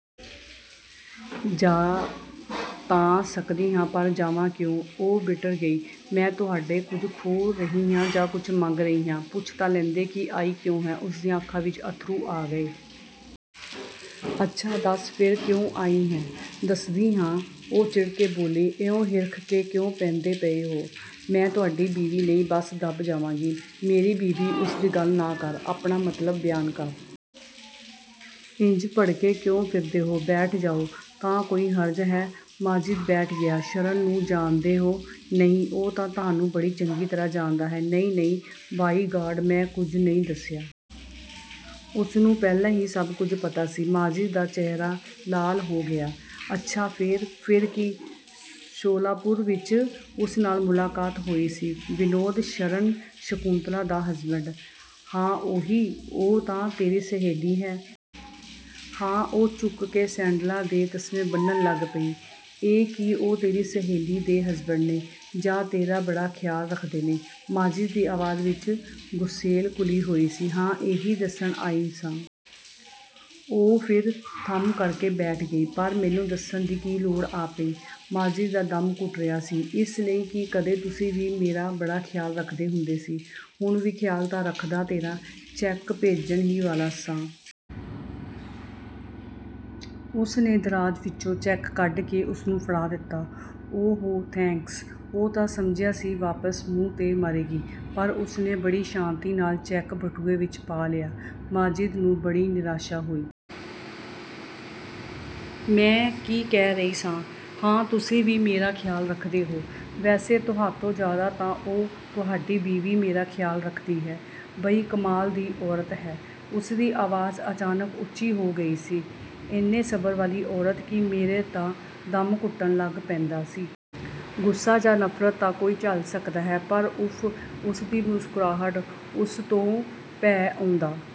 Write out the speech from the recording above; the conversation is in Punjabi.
"ਜਾ ਤਾਂ ਸਕਦੀ ਹਾਂ, ਪਰ ਜਾਵਾਂ ਕਿਉਂ?" ਉਹ ਵਿਟਰ ਗਈ, "ਮੈਂ ਤੁਹਾਥੋਂ ਕੁਝ ਖੋਹ ਰਹੀ ਹਾਂ ਜਾਂ ਕੁਝ ਮੰਗ ਰਹੀ ਹਾਂ? ਪੁੱਛ ਤਾਂ ਲੈਂਦੇ ਕਿ ਆਈ ਕਿਉਂ ਹਾਂ?" ਉਸ ਦੀਆਂ ਅੱਖਾਂ ਵਿੱਚ ਅੱਥਰੂ ਆ ਗਏ। "ਅੱਛਾ ਦੱਸ ਫਿਰ, ਕਿਉਂ ਆਈ ਹੈਂ?" "ਦੱਸਦੀ ਹਾਂ," ਉਹ ਚਿੜ ਕੇ ਬੋਲੀ, "ਇਉਂ ਹਿਰਖ ਕੇ ਕਿਉਂ ਪੈਂਦੇ ਪਏ ਹੋ? ਮੈਂ ਤੁਹਾਡੀ ਬੀਵੀ ਨਹੀਂ, ਬਈ ਦਬ ਜਾਵਾਂਗੀ?" "ਮੇਰੀ ਬੀਵੀ, ਉਸਦੀ ਗੱਲ ਨਾ ਕਰ, ਆਪਣਾ ਮਤਲਬ ਬਿਆਨ ਕਰ।" "ਇੰਜ ਭੜਕੇ ਕਿਉਂ ਫਿਰਦੇ ਹੋ! ਬੈਠ ਜਾਓ, ਤਾਂ ਕੋਈ ਹਰਜ਼ ਹੈ?" ਮਾਜਿਦ ਬੈਠ ਗਿਆ। "ਸ਼ਰਨ ਨੂੰ ਜਾਣਦੇ ਹੋ?" "ਨਹੀਂ।" "ਉਹ ਤਾਂ ਤੁਹਾਨੂੰ ਬੜੀ ਚੰਗੀ ਤਰ੍ਹਾਂ ਜਾਣਦਾ ਹੈ, ਨਹੀਂ-ਨਹੀਂ, ਬਾਈ-ਗਾਡ ਮੈਂ ਕੁਝ ਨਹੀਂ ਦੱਸਿਆ। ਉਸਨੂੰ ਪਹਿਲਾਂ ਹੀ ਸਭ ਕੁਝ ਪਤਾ ਸੀ।" ਮਾਜਿਦ ਦਾ ਚਿਹਰਾ ਲਾਲ ਹੋ ਗਿਆ। "ਅੱਛਾ ਫਿਰ?" "ਫਿਰ ਕੀ? ਸ਼ੋਲਾਪੁਰ ਵਿੱਚ ਉਸ ਨਾਲ ਮੁਲਾਕਾਤ ਹੋਈ ਸੀ।" "ਵਿਨੋਦ ਸ਼ਰਨ, ਸ਼ਕੁੰਤਲਾ ਦਾ ਹਸਬੈਂਡ?" "ਹਾਂ-ਉਹੀ।" "ਉਹ ਤਾਂ ਤੇਰੀ ਸਹੇਲੀ ਹੈ?" "ਹਾਂ।" ਉਹ ਝੁਕ ਕੇ ਸੈਂਡਲਾਂ ਦੇ ਤਸਮੇ ਬੰਨ੍ਹਣ ਲੱਗ ਪਈ। "ਇਹ ਕਿ ਉਹ ਤੇਰੀ ਸਹੇਲੀ ਦੇ ਹਸਬੈਂਡ ਨੇ? ਜਾਂ ਤੇਰਾ ਬੜਾ ਖ਼ਿਆਲ ਰੱਖਦੇ ਨੇ?" ਮਾਜਿਦ ਦੀ ਆਵਾਜ਼ ਵਿੱਚ ਕੁਸੈਲ ਘੁਲੀ ਹੋਈ ਸੀ। "ਹਾਂ, ਇਹੀ ਦੱਸਣ ਆਈ ਸਾਂ।" ਉਹ ਫਿਰ 'ਧੱਮ' ਕਰਕੇ ਬੈਠ ਗਈ। "ਪਰ ਮੈਨੂੰ ਦੱਸਣ ਦੀ ਕੀ ਲੋੜ ਆ ਪਈ?" ਮਾਜਿਦ ਦਾ ਦਮ ਘੁੱਟ ਰਿਹਾ ਸੀ। "ਇਸ ਲਈ ਕਿ ਕਦੇ ਤੁਸੀਂ ਵੀ ਮੇਰਾ ਬੜਾ ਖ਼ਿਆਲ ਰੱਖਦੇ ਹੁੰਦੇ ਸੀ।" "ਹੁਣ ਵੀ ਖ਼ਿਆਲ ਤਾਂ ਰੱਖਦਾ ਤੇਰਾ, ਚੈੱਕ ਭੇਜਣ ਹੀ ਵਾਲਾ ਸਾਂ।" ਉਸਨੇ ਦਰਾਜ਼ ਵਿੱਚੋਂ ਚੈੱਕ ਕੱਢ ਕੇ ਉਸਨੂੰ ਫੜਾ ਦਿੱਤਾ। "ਓ-ਹੋ, ਥੈਂਕਸ।" ਉਹ ਤਾਂ ਸਮਝਿਆ ਸੀ ਵਾਪਸ ਮੂੰਹ 'ਤੇ ਮਾਰੇਗੀ ਪਰ ਉਸਨੇ ਬੜੀ ਸ਼ਾਂਤੀ ਨਾਲ ਚੈੱਕ ਬਟੂਏ ਵਿੱਚ ਪਾ ਲਿਆ। ਮਾਜਿਦ ਨੂੰ ਬੜੀ ਨਿਰਾਸ਼ਾ ਹੋਈ। "ਮੈ ਕੀ ਕਹਿ ਰਹੀ ਸਾਂ, ਹਾਂ, ਤੁਸੀਂ ਵੀ ਮੇਰਾ ਖ਼ਿਆਲ ਰੱਖਦੇ ਹੋ। ਵੈਸੇ ਤੁਹਾਥੋਂ ਜ਼ਿਆਦਾ ਤਾਂ ਉਹ, ਤੁਹਾਡੀ ਬੀਵੀ ਮੇਰਾ ਖ਼ਿਆਲ ਰੱਖਦੀ ਹੈ। ਬਈ ਕਮਾਲ ਦੀ ਔਰਤ ਹੈ!" ਉਸਦੀ ਆਵਾਜ਼ ਅਚਾਨਕ ਉੱਚੀ ਹੋ ਗਈ ਸੀ, "ਇੰਨੇ ਸਬਰ ਵਾਲੀ ਔਰਤ ਕਿ ਮੇਰਾ ਤਾਂ ਦਮ ਘੁੱਟਣ ਲੱਗ ਪੈਂਦਾ ਸੀ। ਗੁੱਸਾ ਜਾਂ ਨਫ਼ਰਤ ਤਾਂ ਕੋਈ ਝੱਲ ਸਕਦਾ ਹੈ, ਪਰ ਉਫ਼! ਉਸਦੀ ਮੁਸਕਰਾਹਟ, ਉਸ ਤੋਂ ਭੈ ਆਉਂਦਾ"